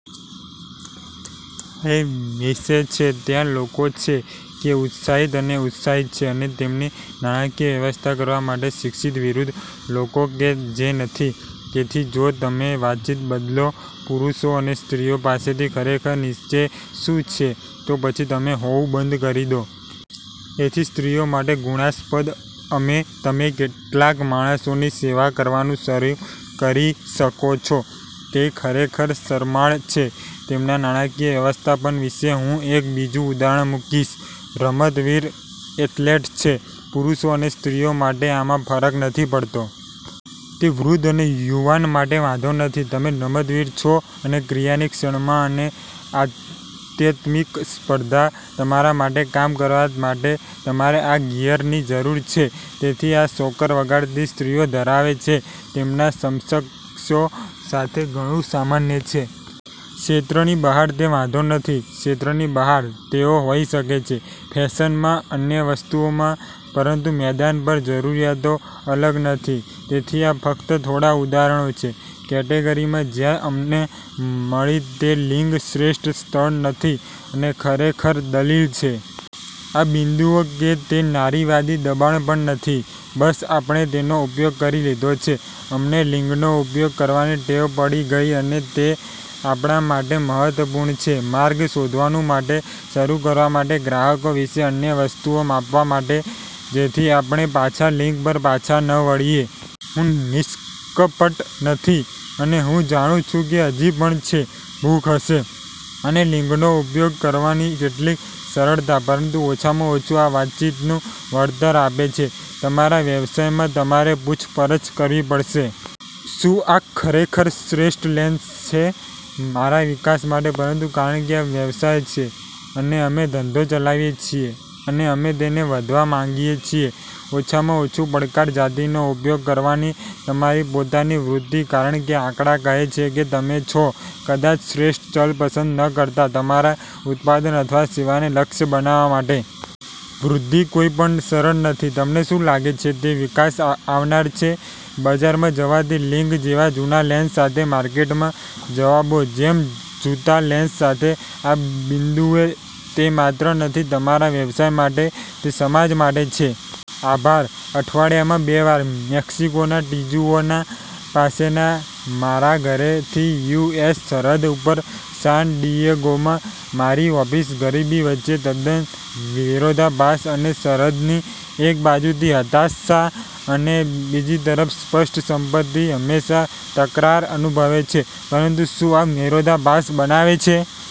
તે વિશે છે, ત્યાં લોકો છે કે ઉત્સાહિત અને ઉત્સાહિત છે અને તેમની નાણાકીય વ્યવસ્થા કરવા માટે શિક્ષિત વિરુદ્ધ લોકો કે જે નથી. તેથી જો તમે વાતચીત બદલો પુરુષો અને સ્ત્રીઓ પાસેથી ખરેખર નીચે શું છે, તો પછી તમે હોવું બંધ કરી દો. તેથી સ્ત્રીઓ માટે ઘૃણાસ્પદ અને તમે કેટલાક માણસોની સેવા કરવાનું શરૂ કરી શકો છો, તે ખરેખર શરમાળ છે તેમના નાણાકીય વ્યવસ્થાપન વિશે. હું એક બીજું ઉદાહરણ મૂકીશ. રમતવીર એથ્લેટ છે. પુરુષો અને સ્ત્રીઓ માટે આમાં ફરક નથી પડતો. તે વૃદ્ધ અને યુવાન માટે વાંધો નથી, તમે રમતવીર છો અને ક્રિયાની ક્ષણમાં અને આત્યંતિક સ્પર્ધા તમારા માટે કામ કરવા માટે તમારે આ ગિયરની જરૂર છે. તેથી આ સોકર વગાડતી સ્ત્રીઓ ધરાવે છે, તેમના સમકક્ષો સાથે ઘણું સામાન્ય છે. ક્ષેત્રની બહાર, તે વાંધો નથી. ક્ષેત્રની બહાર, તેઓ હોઈ શકે છે ફેશનમાં, અન્ય વસ્તુઓમાં, પરંતુ મેદાન પર જરૂરિયાતો અલગ નથી. તેથી આ ફક્ત થોડા ઉદાહરણો છે કેટેગરીમાં જ્યાં અમને મળી તે લિંગ શ્રેષ્ઠ સ્થળ નથી અને ખરેખર દલીલ છે. આ બિંદુએ કે તે નારીવાદી દબાણ પણ નથી, બસ, આપણે તેનો ઉપયોગ કરી લીધો છે. અમને લિંગનો ઉપયોગ કરવાની ટેવ પડી ગઈ અને તે આપણા માટે મહત્વપૂર્ણ છે. માર્ગ શોધવા માટે શરૂ કરવા માટે, ગ્રાહકો વિશે અન્ય વસ્તુઓ માપવા માટે જેથી આપણે પાછા લિંગ પર પાછા ન વળીએ. હું નિષ્કપટ નથી અને હું જાણું છું કે હજી પણ છે ભૂખ હશે અને લિંગનો ઉપયોગ કરવાની કેટલીક સરળતા, પરંતુ ઓછામાં ઓછું આ વાતચીતનું વળતર આપે છે. તમારા વ્યવસાયમાં, તમારે પૂછપરછ કરવી પડશે. શું આ ખરેખર શ્રેષ્ઠ લેન્સ છે મારા વિકાસ માટે? પરંતુ કારણ કે આ વ્યવસાય છે અને અમે ધંધો ચલાવીએ છીએ, અને અમે તેને વધવા માંગીએ છીએ ઓછામાં ઓછું પડકાર જાતિનો ઉપયોગ કરવાની તમારી પોતાની વૃત્તિ, કારણ કે આંકડા કહે છે કે તમે છો કદાચ શ્રેષ્ઠ ચલ પસંદ ન કરતા તમારા ઉત્પાદન અથવા સેવાને લક્ષ્ય બનાવવા માટે. વૃદ્ધિ કોઈ પણ સરળ નથી. તમને શું લાગે છે તે વિકાસ આવનાર છે ,બજારમાં જવાથી લિંગ જેવા જૂનાં લેન્સ સાથે? માર્કેટમાં જવાબો જેમ જૂતા લેન્સ સાથે? આ બિંદુએ, તે માત્ર નથી તમારા વ્યવસાય માટે, તે સમાજ માટે છે. આભાર. અઠવાડિયામાં બે વાર, મેક્સિકોના ટિજુઆના પાસેના મારા ઘરેથી યુ. એસ. સરહદ ઉપર, સાન ડિએગોમાં મારી ઓફિસ ગરીબી વચ્ચે તદ્દન વિરોધાભાસ અને સરહદની એક બાજુથી હતાશા અને બીજી તરફ સ્પષ્ટ સંપત્તિ હંમેશા તકરાર અનુભવે છે. પરંતુ શું આ વિરોધાભાસ બનાવે છે.